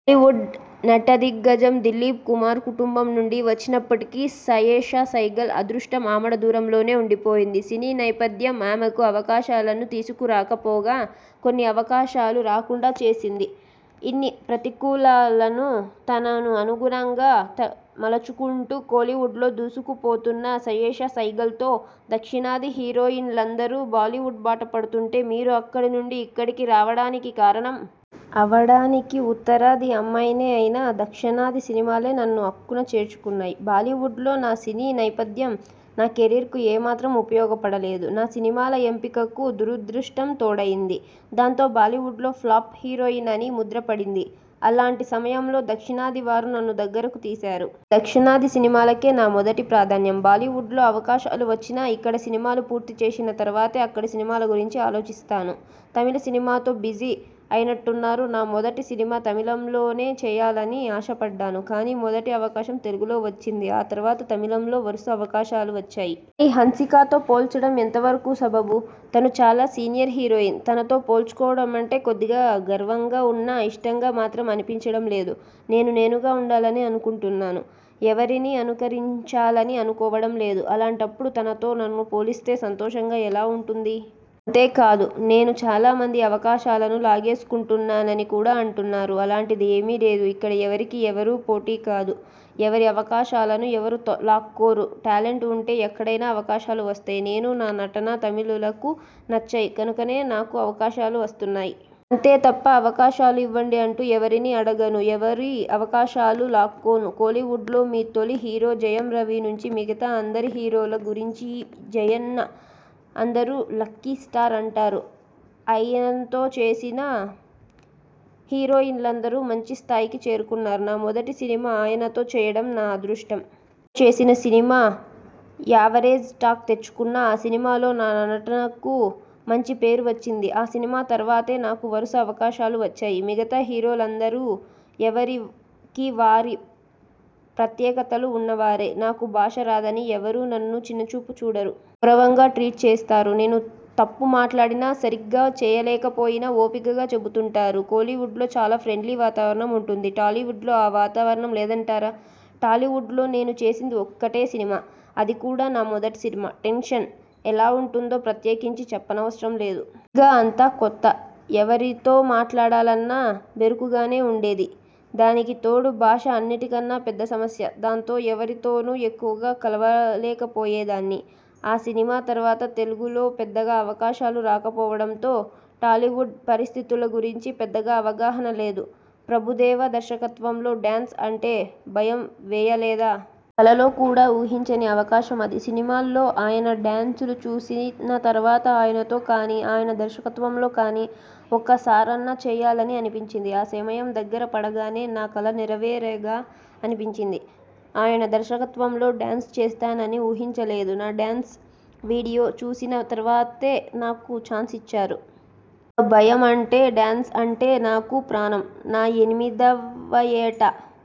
బాలీవుడ్ నటదిగ్గజం దిలీప్ కుమార్ కుటుంబం నుండి వచ్చినప్పటికీ సయేషా సైగల్ అదృష్టం ఆమడ దూరంలోనే ఉండి పోయింది. సినీ నేపథ్యం ఆమెకు అవకాశాలను తీసుకు రాకపోగా, కొన్ని అవకాశాలు రాకుండా చేసింది. ఇన్ని ప్రతికూలాలను తనకు అనుకూలంగా మలుచుకుంటూ కోలీవుడ్లో దూసుకుపోతున్న సయేషా సైగల్తో దక్షిణాది హీరోయిన్లందరూ బాలీవుడ్ బాట పడుతుంటే మీరు అక్కడ నుండి ఇక్కడికి రావడానికి కారణం? అవడానికి ఉత్తరాది అమ్మాయినే అయినా దక్షిణాది సినిమాలే నన్ను అక్కున చేర్చుకున్నాయి. బాలీవుడ్లో నా సినీ నేపథ్యం నా కెరీర్కి ఏ మాత్రం ఉపయోగపడలేదు. నా సినిమాల ఎంపికకు దురదృష్టం తోడైంది. దాంతో బాలీవుడ్లో ఫ్లాప్ హీరోయిన్ అని ముద్ర పడింది. అలాంటి సమయంలో దక్షిణాదివారు నన్ను దగ్గరకు తీశారు. దక్షిణాది సినిమాలకే నా మొదటి ప్రాధాన్యం. బాలీవుడ్లో అవకాశాలు వచ్చినా, ఇక్కడ సినిమాలు పూర్తిచేసిన తరువాతే అక్కడి సినిమాల గురించి ఆలోచిస్తాను. తమిళ సినిమాలతో బిజీ అయినట్టున్నారు? నా మొదటి సినిమా తమిళంలోనే చేయాలని ఆశపడ్డాను. కానీ మొదటి అవకాశం తెలుగులో వచ్చింది. ఆ తరువాత తమిళంలో వరుస అవకాశాలు వచ్చాయి. హన్సికతో పోల్చడం ఎంతవరకు సబబు? తను చాలా సీనియర్ హీరోయిన్. తనతో పోల్చడం అంటే కొద్దిగా గర్వంగా ఉన్నా ఇష్టంగా మాత్రం అనిపించడం లేదు. నేను నేనుగా ఉండాలని అనుకుంటున్నాను. ఎవరినీ అనుకరించాలని అనుకోవడం లేదు. అలాంటప్పుడు తనతో నన్ను పోలిస్తే సంతోషంగా ఎలా ఉంటుంది? అంతే కాదునేను చాలామంది అవకాశాలను లాగేసుకుంటున్నానని కూడా అంటున్నారు. అలాంటిది ఏమీ లేదు. ఇక్కడ ఎవరికి ఎవరూ పోటీ కాదు. ఎవరి అవకాశాలనూ ఎవరూ లాక్కోరు. టాలెంట్ ఉంటే ఎక్కడైనా అవకాశాలు వస్తాయి. నేనూ, నా నటనా తమిళులకు నచ్చాయి కనుకనే నాకు అవకాశాలు వస్తున్నాయి. అంతే తప్ప అవకాశాలు ఇవ్వండి అంటూ ఎవరినీ అడగను. ఎవరి అవకాశాలూ లాక్కోను. కోలీవుడ్లో మీ తొలి హీరో జయం రవి నుంచి మిగతా అందరి హీరోల గురించివిజయ్ని అందరూ లక్కీ స్టార్ అంటారు. ఆయనతో చేసిన హీరోయిన్లందరూ మంచి స్థాయికి చేరుకున్నారు. నా మొదటి సినిమా ఆయనతో చేయడం నా అదృష్టం. చేసిన సినిమా యావరేజ్ టాక్ తెచ్చుకున్నా ఆ సినిమాలో నా నటనకు మంచి పేరు వచ్చింది. ఆ సినిమా తరువాతే నాకు వరుస అవకాశాలు వచ్చాయి. మిగతా హీరోలందరూ ఎవరికి వారి ప్రత్యేకతలు ఉన్నవారే! నాకు భాష రాదనీ ఎవ్వరూ నన్ను చిన్నచూపు చూడరు. గౌరవంగా ట్రీట్ చేస్తారు. నేను తప్పు మాట్లాడినా, సరిగ్గా చేయకపోయినా ఓపికగా చెబుతుంటారు. కోలీవుడ్లో చాలా ఫ్రెండ్లీ వాతావరణం ఉంటుంది. టాలీవుడ్లో ఆ వాతావరణం లేదంటారా? టాలీవుడ్లో నేను చేసింది ఒక్కటే సినిమా. అది కూడా నా మొదటి సినిమా. టెన్షన్ ఎలా ఉంటుందో ప్రత్యేకించి చెప్పనవసరం లేదు. పైగా అంతా కొత్త. ఎవరితో మాట్లాడాలన్నా బెరుకుగానే ఉండేది. దానికి తోడు భాష అన్నిటికన్నా పెద్ద సమస్య. దాంతో ఎవరితోనూ ఎక్కువగా కలవలేకపోయేదాన్ని. ఆ సినిమా తరువాత తెలుగులో పెద్దగా అవకాశాలు రాకపోవడంతో టాలీవుడ్ పరిస్థితుల గురించి పెద్దగా అవగాహన లేదు. ప్రభుదేవా దర్శకత్వంలో డ్యాన్స్ అంటే భయం వేయలేదా? కలలో కూడా ఊహించని అవకాశం అది. సినిమాల్లో ఆయన డ్యాన్సులు చూసిన తరువాత ఆయనతో కానీ, ఆయన దర్శకత్వంలో కానీ ఒక్క సారన్నా చేయాలని అనిపించింది. ఆ సమయం దగ్గర పడగానే 'నా కలనెరవేరెగా' అనిపించింది. ఆయన దర్వకత్వంలో డ్యాన్స్ చేస్తానని ఊహించలేదు. నా డ్యాన్స్ వీడియో చూసిన తరువాతే నాకు ఛాన్స్ ఇచ్చారు. ఇక భయం అంటే డ్యాన్స్ అంటే నాకు ప్రాణం. నా ఎనిమిదవ యేట